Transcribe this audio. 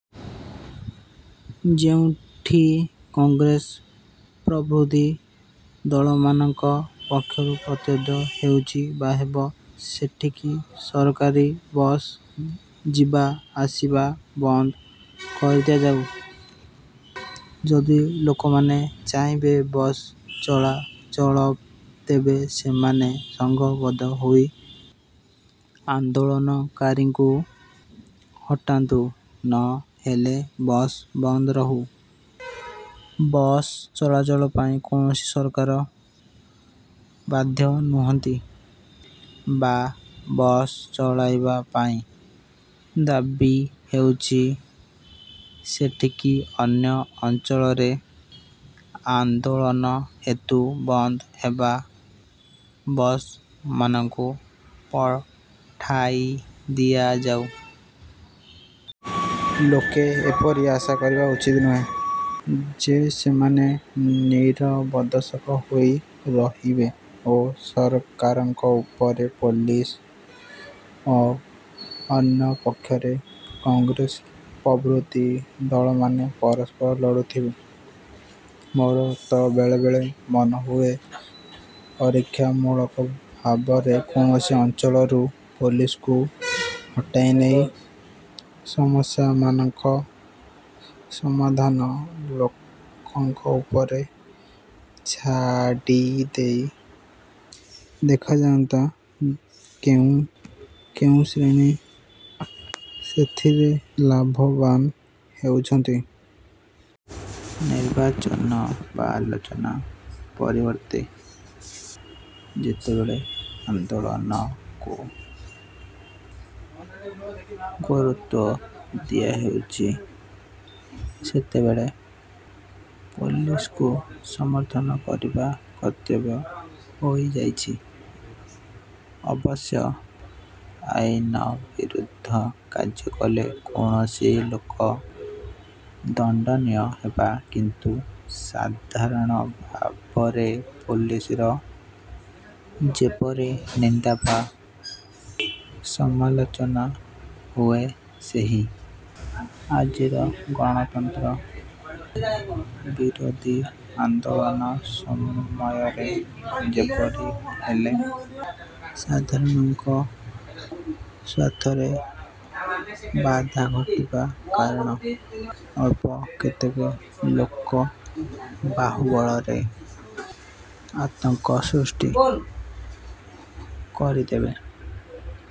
ଯେଉଁଠି କଂଗ୍ରେସ ପ୍ରଭୃତି ଦଳମାନଙ୍କ ପକ୍ଷରୁ ପ୍ରତିରୋଧ ହେଉଛି ବା ହେବ ସେଠିକି ସରକାରୀ ବସ୍ ଯିବା ଆସିବା ବନ୍ଦ କରିଦିଆଯାଉ। ଯଦି ଲୋକେ ଚାହିଁବେ ବସ୍ ଚଳାଚଳ ତେବେ ସେମାନେ ସଙ୍ଘବଦ୍ଧ ହୋଇ ଆନ୍ଦୋଳନକାରୀଙ୍କୁ ହଟାନ୍ତୁ, ନ ହେଲେ ବସ୍ ବନ୍ଦ ରହୁ। ବସ୍ ଚଳାଚଳ ପାଇଁ କୌଣସି ସରକାର ବାଧ୍ୟ ନୁହନ୍ତି ବା ବସ୍ ଚଳାଇବା ପାଇଁ ଦାବି ହେଉଛି ସେଠିକି ଅନ୍ୟ ଅଞ୍ଚଳରେ ଆନ୍ଦୋଳନ ହେତୁ ବନ୍ଦ ହେବା ବସ୍ମାନଙ୍କୁ ପଠାଇ ଦିଆଯାଉ। ଲୋକେ ଏପରି ଆଶା କରିବା ଉଚିତ ନୁହେଁ ଯେ ସେମାନେ ନୀରବଦର୍ଶକ ହୋଇ ରହିଥିବେ ଓ ସରକାରଙ୍କ ପକ୍ଷରୁ ପୋଲିସ ଓ ଅନ୍ୟ ପକ୍ଷରେ କଂଗ୍ରେସ ପ୍ରଭୃତି ଦଳମାନେ ପରସ୍ପର ଲଢ଼ୁଥିବେ। ମୋର ତ ବେଳେବେଳେ ମନେହୁଏ ପରୀକ୍ଷାମୂଳକ ଭାବରେ କୌଣସି ଅଞ୍ଚଳରୁ ପୋଲିସକୁ ହଟାଇ ନେଇ ସମସ୍ୟାମାନଙ୍କ ସମାଧାନ ଲୋକଙ୍କ ଉପରେ ଛାଡ଼ି ଦେଇ ଦେଖାଯାନ୍ତା, କେଉଁ ଶ୍ରେଣୀ ସେଥିରେ ଲାଭବାନ ହେଉଛନ୍ତି। ନିର୍ବାଚନ ବା ଆଲୋଚନା ପରିବର୍ତ୍ତେ ଯେତେବେଳେ ଆନ୍ଦୋଳନକୁ ଗୁରୁତ୍ୱ ଦିଆହେଉଛି, ସେତେବେଳେ ପୋଲିସକୁ ସମର୍ଥନ କରିବା କର୍ତ୍ତବ୍ୟ ହୋଇଯାଉଛି। ଅବଶ୍ୟ ଆଇନବିରୁଦ୍ଧ କାର୍ଯ୍ୟ କଲେ ଯେକୌଣସି ଲୋକ ଦଣ୍ଡନୀୟ ହେବ। କିନ୍ତୁ ସାଧାରଣ ଭାବରେ ପୋଲିସର ଯେପରି ନିନ୍ଦା ବା ସମାଲୋଚନା ହୁଏ ସେହି ଆଜିର ଗଣତନ୍ତ୍ର ବିରୋଧୀ ଆନ୍ଦୋଳନ ସମୟରେ ଯେପରି ହେଲେ ସାଧାରଣଙ୍କ ସ୍ୱାର୍ଥରେ ବାଧା ଘଟିବ କାରଣ ଅଳ୍ପ କେତେକ ଲୋକ ବାହୁବଳରେ ଆତଙ୍କ ସୃଷ୍ଟି କରିଦେବେ।